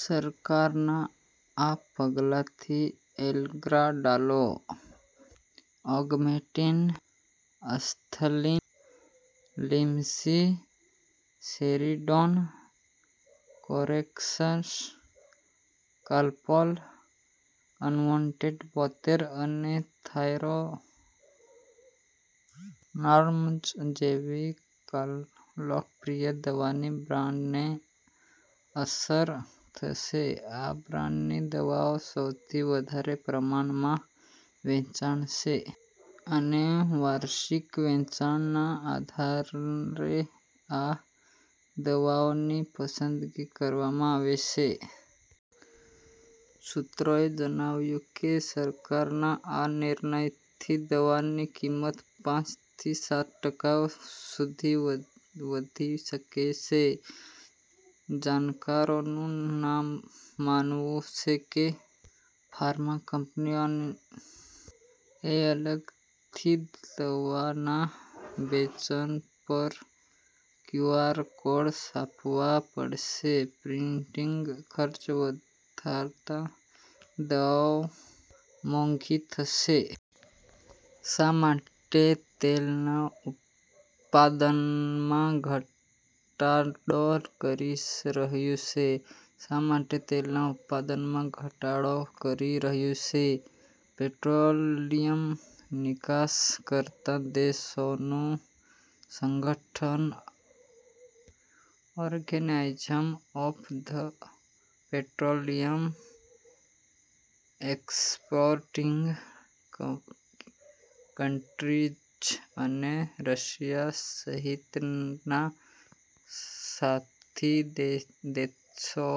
સરકારના આ પગલાથી Allegra, Dolo, Augmentin, Asthalin, Limcee, Saridon, Corex, Calpol, અનવોન્ટેડ-બોતેર અને થાયરોનોર્મ જેવી લોકપ્રિય દવાની બ્રાન્ડને અસર થશે. આ બ્રાન્ડની દવાઓ સૌથી વધારે પ્રમાણમાં વેચાય છે અને વાર્ષિક વેચાણના આધારે આ દવાઓની પસંદગી કરવામાં આવી છે. સૂત્રોએ જણાવ્યું કે, સરકારના આ નિર્ણયથી દવાની કિંમત પાંચ થી સાત ટકા સુધી વધી શકે છે. જાણકારોનું માનવું છે કે, ફાર્મા કંપનીઓએ અલગથી દવાના બેન્ચ પર ક્યુઆર કોડ છાપવા પડશે, પ્રિન્ટિંગ ખર્ચ વધતા દવાઓ મોંઘી થશે. શા માટે તેલના ઉત્પાદનમાં ઘટાડો કરી રહ્યું છે? શા માટે તેલના ઉત્પાદનમાં ઘટાડો કરી રહ્યું છે? પેટ્રોલિયમ નિકાસ કરતા દેશોનું સંગઠન Organization of the Petroleum Exporting Countries અને રશિયા સહિતના સાથી દેશો,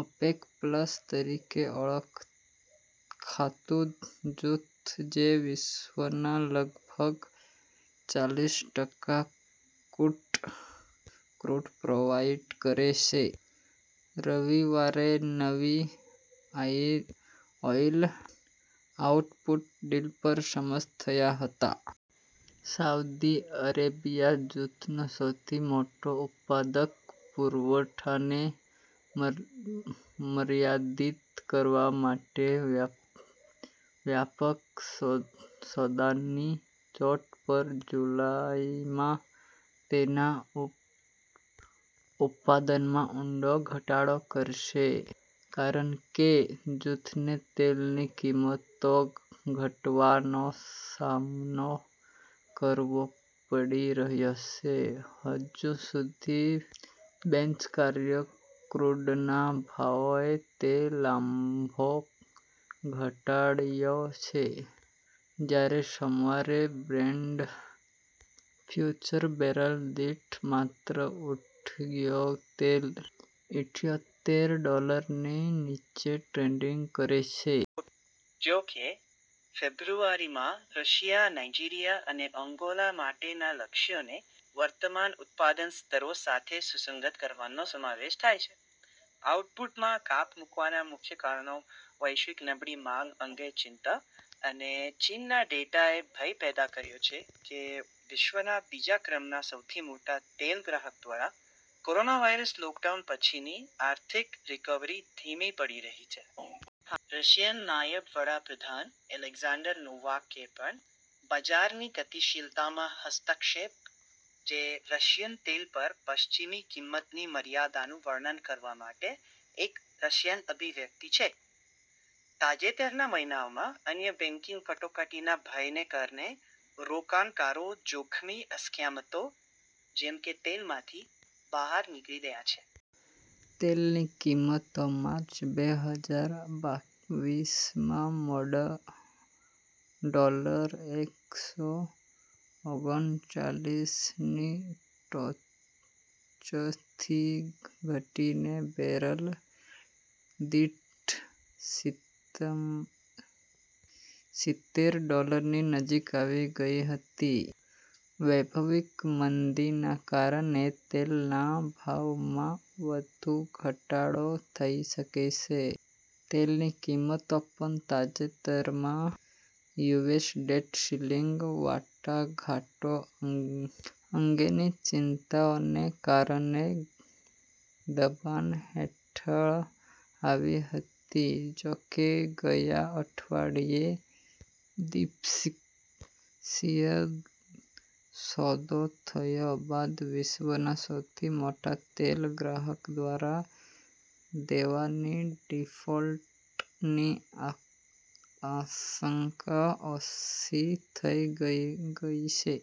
ઓપેક પ્લસ તરીકે ઓળખાતું જૂથ, જે વિશ્વના લગભગ ચાલીસટકા ક્રૂડ પ્રોવાઈડ કરે છે, રવિવારે નવી ઓઈલ આઉટપુટ ડીલ પર સંમત થયા હતા. સાઉદી અરેબિયા, જૂથનો સૌથી મોટો ઉત્પાદક, પુરવઠાને મર્યાદિત કરવા માટે વ્યાપક સોદાની ટોચ પર જુલાઈમાં તેના ઉત્પાદનમાં ઊંડો ઘટાડો કરશે, કારણ કે જૂથને તેલની કિંમતો ઘટવાનો સામનો કરવો પડી રહ્યો છે. હજુ સુધી બેન્ચમાર્ક ક્રૂડના ભાવોએ તે લાભો ઘટાડ્યા છે, જ્યારે સોમવારે બ્રેન્ટ ફ્યુચર્સ બેરલ દીઠ માત્ર ઇઠ્યોતેર ડોલરની નીચે ટ્રેડિંગ કરે છે. જો કે, ફેરફારોમાં રશિયા, નાઇજીરીયા અને અંગોલા માટેના લક્ષ્યોને વર્તમાન ઉત્પાદન સ્તરો સાથે સુસંગત કરવાનો સમાવેશ થાય છે. આઉટપુટમાં કાપ મૂકવાના મુખ્ય કારણો: નબળી વૈશ્વિક માંગ અંગે ચિંતા: ચીનના ડેટાએ ભય પેદા કર્યો છે કે વિશ્વના બીજા ક્રમના સૌથી મોટા તેલ ગ્રાહક દ્વારા કોરોનાવાયરસ લોકડાઉન પછીની આર્થિક રિકવરી ધીમી પડી રહી છે. રશિયન નાયબ વડા પ્રધાન એલેક્ઝાન્ડર નોવાકે પણ "બજારની ગતિશીલતામાં હસ્તક્ષેપ" તરફ ધ્યાન દોર્યું છે, જે રશિયન તેલ પર પશ્ચિમી કિંમતની મર્યાદાનું વર્ણન કરવા માટે એક રશિયન અભિવ્યક્તિ છે. તાજેતરના મહિનાઓમાં અન્ય બેંકિંગ કટોકટીના ભયને કારણે રોકાણકારો જોખમી અસ્કયામતો જેવી કે તેલમાંથી બહાર નીકળી ગયા છે. તેલની કિંમતો માર્ચ બે હજાર બાવીસમાં ડોલર એકસો ઓગણચાલીસની ટોચથી ઘટીને બેરલ દીઠ સિત્તેરડોલરની નજીક આવી ગઈ હતી. વૈશ્વિક મંદીના કારણે તેલના ભાવમાં વધુ ઘટાડો થઈ શકે છે. તેલની કિંમતો પણ તાજેતરમાં યુએસ ડેટ સીલિંગ વાટાઘાટો અંગેની ચિંતાઓને કારણે દબાણ હેઠળ આવી હતી, જોકે ગયા અઠવાડિયે દ્વિપક્ષીય સોદો થયા બાદ વિશ્વના સૌથી મોટા તેલ ગ્રાહક દ્વારા દેવાની ડિફોલ્ટની આશંકા ઓછી થઈ ગઈ છે.